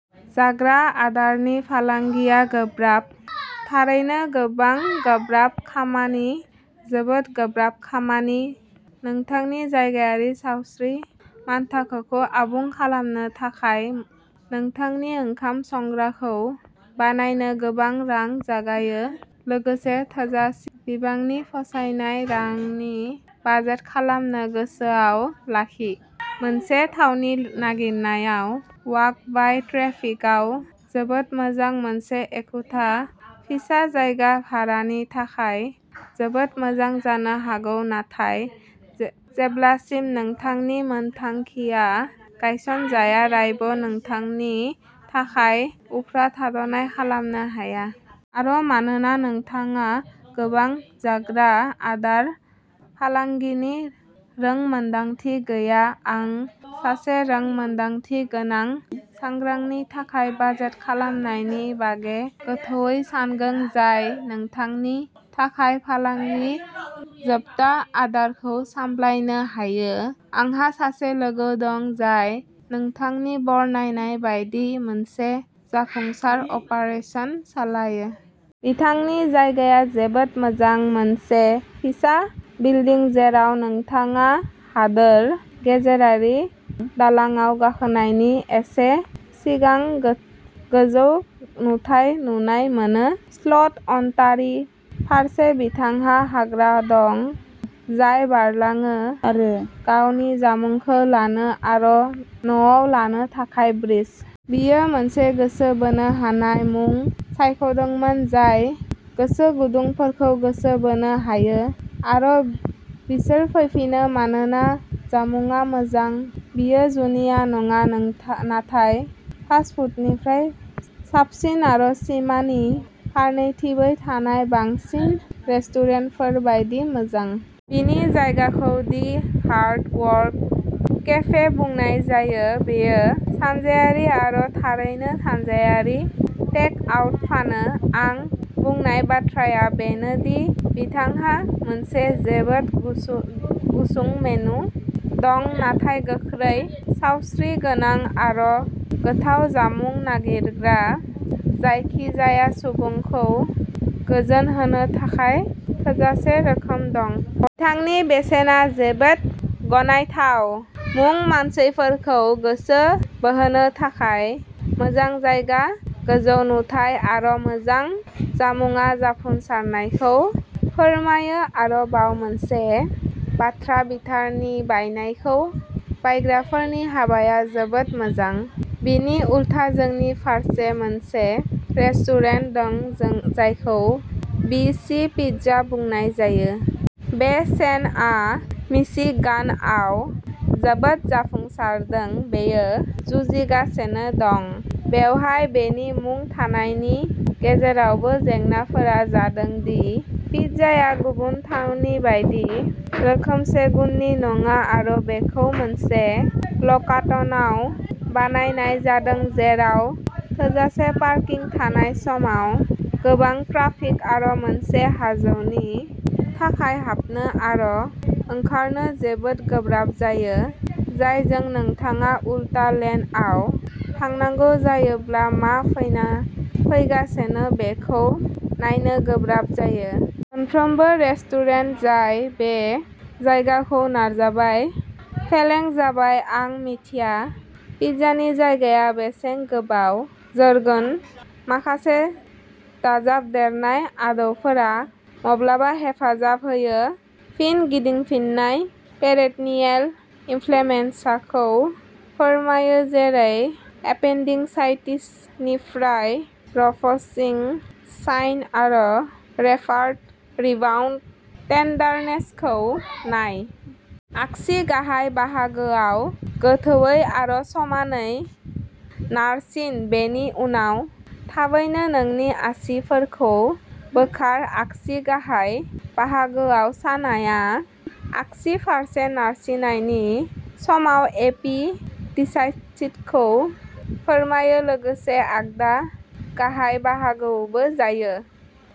जाग्रा आदारनि फालांगिया गोब्राब। थारैनो गोबां गोब्राब खामानि, जोबोद गोब्राब खामानि नोंथांनि जायगायारि सावस्रि मानथाखोखौ आबुं खालामनो थाखाय नोंथांनि ओंखाम संग्राखौ'बानायनो'गोबां रां जागायो लोगोसे थोजासे बिबांनि फोसावथाय रांनि बाजेट खालामनो गोसोआव लाखि। मोनसे थावनि नागिरनायाव वाक-बाय' ट्राफिकआ जोबोद मोजां मोनसे एखुथा फिसा जायगाया भारानि थाखाय जोबोद मोजां जानो हागौ, नाथाय जेब्लासिम नोंथांनि मानथाखोआ गायसनजाया रावबो नोंथांनि थाखाय उफ्रा थाद'नाय खालामनो हाया। आरो मानोना नोंथांनाव गोबां जाग्रा आदार फालांगिनि रोंमोनदांथि गैया आं सासे रोंमोनदांथिगोनां संग्रानि थाखाय बाजेट खालामनायनि बागै गोथौवै सानगोन जाय नोंथांनि थाखाय फालांगिनि जोबथा आदारखौ सामलायनो हायो। आंहा सासे लोगो दं जाय नोंथांनि बरनायनाय बायदि मोनसे जाफुंसार अपारेसन सालायो। बिथांनि जायगाया जोबोद मोजां, मोनसे फिसा बिल्डिं जेराव नोंथाङा हादोर गेजेरारि दालांआव गाखोनायनि एसे सिगां गोजौ नुथाय नुनो मोनो, सल्ट अन्टारिय' फारसे। बिथांहा ग्राहक दं जाय बारलाङो। गावनि जामुंखौ लानो आरो न'आव लांनो थाखाय ब्रिज। बियो मोनसे गोसो बोनो हानाय मुं सायख'दोंमोन जाय गोसोगुदुंफोरखौ गोसो बोनो हायो, आरो बिसोर फैफिनो मानोना जामुंआ मोजां। बेयो जुनिया नङा, नाथाय फास्ट फुडनिख्रुइ साबसिन आरो सिमानि फारनैथिंबो थानाय बांसिन रेस्टुरेन्टफोर बायदि मोजां। बिनि जायगाखौ दि हार्ड वक केफे बुंनाय जायो। बियो सानजायारि आरो थारैनो सानजाआरि टेक आउट फानो। आं बुंनाय बाथ्राया बेनो दि बिथांहा मोनसे जोबोद गुसुं मेनु दं नाथाय गोख्रै, सावस्रिगोनां आरो गोथाव जामुं नागिरग्रा जायखिजाया सुबुंखौ गोजोनहोनो थाखाय थोजासे रोखोम दं। बिथांनि बेसेना जोबोद गनायथाव। मुं मानसिफोरखौ गोसो बोहोनो थाखाय, मोजां जायगा, गोजौ नुथाइ, आरो मोजां जामुंआ जाफुंसारनायखौ फोरमायो। आरोबाव मोनसे बाथ्रा, बिथांनि बायनायाव बायग्राफोरनि हाबाया जोबोद मोजां। बिनि उलथा, जोंनि फारसे मोनसे रेस्टुरेन्ट दं जायखौ बि सि पिज्जा बुंनाय जायो। बे चेनआ मिशिगानआव जोबोद जाफुंसारदों। बेयो जुजिगासिनो दं। बेवहाय बेनि मुं थानायनि गेजेरावबो। जेंनाफोरा जादों दि पिज्जाया गुबुन थावनिफोरनि बायदि रोखोमसे गुननि नङा आरो बेखौ मोनसे लकाटनआव बानायनाय जादों जेराव थोजासे पार्किं थानाय समाव गोबां ट्राफिक आरो मोनसे हाजोनि थाखाय हाबनो आरो ओंखारनो जोबोद गोब्राब जायो, जायजों नोंथाङा उलथा लेनआव थांनांगौ जायोब्ला मा फैगासिनो बेखौ नायनो गोब्राब जायो। मोनफ्रोमबो रेस्टुरेन्ट जाय बै जायगाखौ नाजाबाय, फेलें जाबाय। आं मिथिया पिज्जानि जायगाया बेसे गोबाव जोरगोन। माखासे दाजाबदेरनाय आदबफोरा माब्लाबा हेफाजाब होयो। फिन गिदिंफिननाया पेरिट'नियेल इनफ्लेमेशनखौ फोरमायो, जेरै एपेन्डिसाइटिसनिफ्राय। र'भसिं साइन आरो रेफार्ड रिबाउन्ड टेन्डारनेसखौ नाय। आगसि गाहाय बाहागोआव गोथौवै आरो समानयै नारसिन। बेनि उनाव थाबैनो नोंनि आसिफोरखौ बोखार। आगसि गाहाय बाहागोआव सानायआ आगसि फारसेनि नारसिननायनि समाव एपेन्डिसाइटिसखौ फोरमायो। लोगोसे आगदा गाहाय बाहागोआवबो जायो।